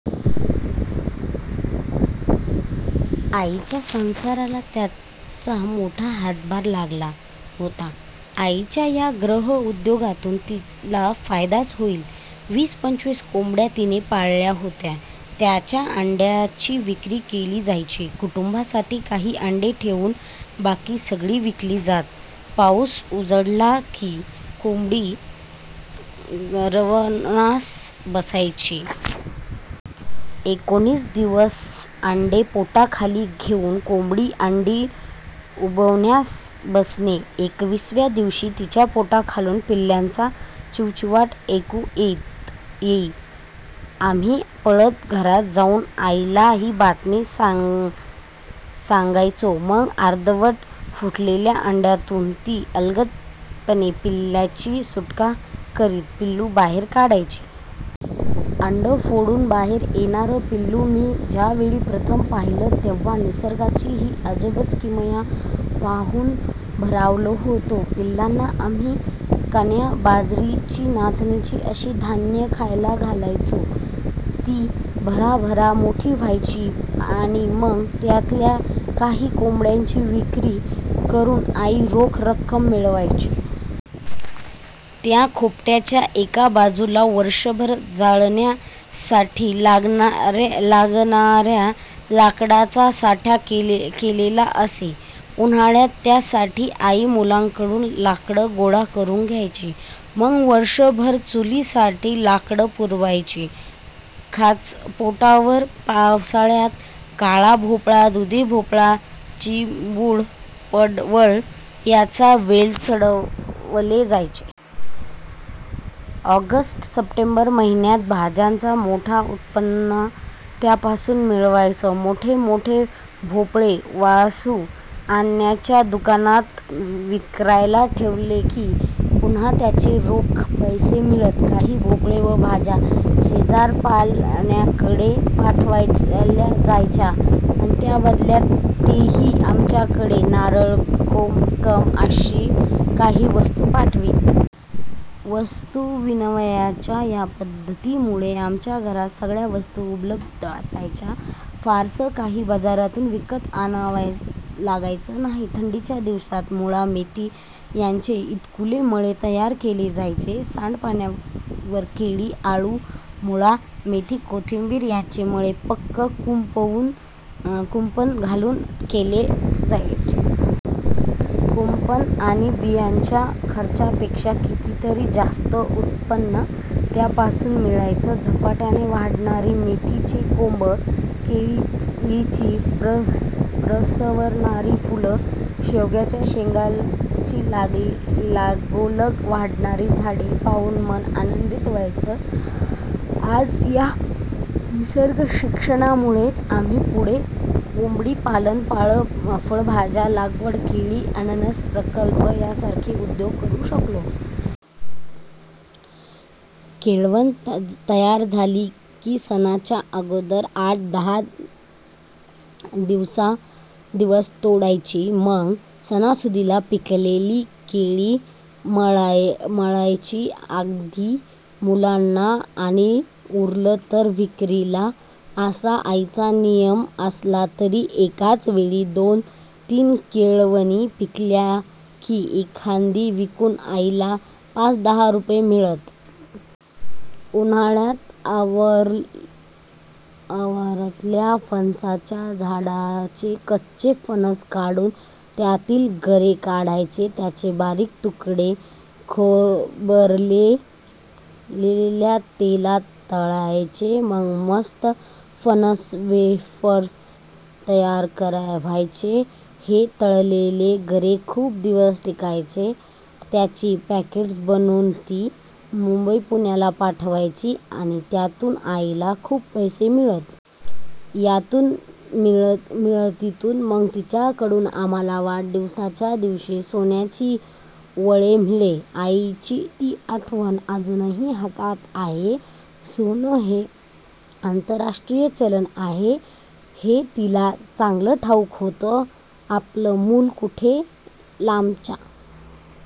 आईच्या संसाराला त्यांचा मोठा हातभार लागला होता. आईच्या या गृहोद्योगातून तिला फायदाच होई. वीस-पंचवीस कोंबड्या तिने पाळल्या होत्या, त्यांच्या अंड्यांची विक्री केली जायची. कुटुंबासाठी काही अंडी ठेवून बाकी सगळी विकली जात. पाऊस उजाडला की, कोंबडी रवणास बसवायची. एकोणीस दिवस अंडी पोटाखाली घेऊन कोंबडी अंडी उबवण्यास बसे; एकविसाव्या दिवशी तिच्या पोटाखालून पिल्लांचा चिवचिवाट ऐकू येई. आम्ही पळत घरात जाऊन आईला ही बातमी सांगायचो. मग अर्धवट फुटलेल्या अंड्यातून ती अलगदपणे पिल्लाची सुटका करीत पिल्लू बाहेर काढायची. अंडं फोडून बाहेर येणारं पिल्लू मी ज्यावेळी प्रथम पाहिलं, तेव्हा निसर्गाची ही अजब किमया पाहून भारावलो होतो. पिल्लांना आम्ही कण्या, बाजरी, नाचणी असं धान्य खायला घालायचो. ती भराभरा मोठी व्हायची आणि मग त्यातल्या काही कोंबड्यांची विक्री करून आई रोख रक्कम मिळवायची. त्या खोपटाच्या एका बाजूला वर्षभर जळणासाठी लागणाऱ्या लाकडाचा साठा केलेला असे. उन्हाळ्यात त्यासाठी आई मुलांकडून लाकडं गोळा करून घ्यायची; मग वर्षभर चुलीसाठी लाकडं पुरायची. याच खोपटावर पावसाळ्यात काळा भोपळा, दुधी भोपळा, चिबूड, पडवळ यांचे वेल चढवले जायचे. ऑगस्ट, सप्टेंबर महिन्यात भाज्यांचं मोठं उत्पन्न त्यापासून मिळायचं. मोठमोठे भोपळे वासुअण्णांच्या दुकानात विक्रीला ठेवले की, पुन्हा त्याचे रोख पैसे मिळत. काही भोपळे व भाज्या शेजारपाजाऱ्यांकडे पाठवत जायचे, त्या बदल्यात तेही आमच्याकडे नारळ, कोकम अशा काही वस्तू पाठवीत. वस्तू-विनिमयाच्या या पद्धतीमुळे आमच्या घरात सगळ्या वस्तू उपलब्ध असत; फारसं काही बाजारातून विकत आणावं लागायचं नाही. थंडीच्या दिवसांत मुळा, मेथी यांचे इटुकले मळे तयार केले जायचे. सांडपाण्यावर केळी, अळू, मुळा, मेथी, कोथिंबीर यांचे मळे पक्कं कुंपण घालून केले जायचे. कुंपण आणि बी-बियाणांच्या खर्चापेक्षा कितीतरी जास्त उत्पन्न त्यापासून मिळायचं. झपाट्यानं वाढणारे मेथीचे कोंब, केळीची प्रसवणारी फुलं, शेवग्याच्या शेंगांची लगोलग वाढणारी जाडी पाहून मन आनंदित व्हायचं. आज या निसर्गशिक्षणामुळेच आम्ही पुढे कोंबडीपालन, फळभाज्या लागवड, केळी, अननस प्रकल्प यांसारखे उद्योग करू शकलो. केळवण तयार झाली की सणाच्या अगोदर आठ-दहा दिवस तोडायची; मग सणासुदीला पिकलेली केळी मिळायची. आधी मुलांना आणि उरलं तर विक्रीला, असा आईचा नियम असला तरी एकाच वेळी दोन-तीन केळवणी पिकल्या की, एखादी विकून आईला पाच-दहा रुपये मिळत. उन्हाळ्यात आवारातल्या फणसाच्या झाडांवरचे कच्चे फणस काढून त्यातील गरे काढायचे, त्यांचे बारीक तुकडे खोबरेल तेलात तळायचे. मग मस्त फणस वेफर्स तयार व्हायचे. हे तळलेले गरे खूप दिवस टिकायचे आणि त्याची पॅकेट्स बनवून ती मुंबई-पुण्याला पाठवायची; त्यातून आईला खूप पैसे मिळत. या मिळकतीतून मग तिच्याकडून आम्हांला वाढदिवसाच्या दिवशी सोन्याचे वळे मिळे. आईची ती आठवण अजूनही हातात आहे. सोनं हे आंतरराष्ट्रीय चलन आहे, हे तिला चांगलं ठावूक होतं. आपलं मूल कुठे लांबच्या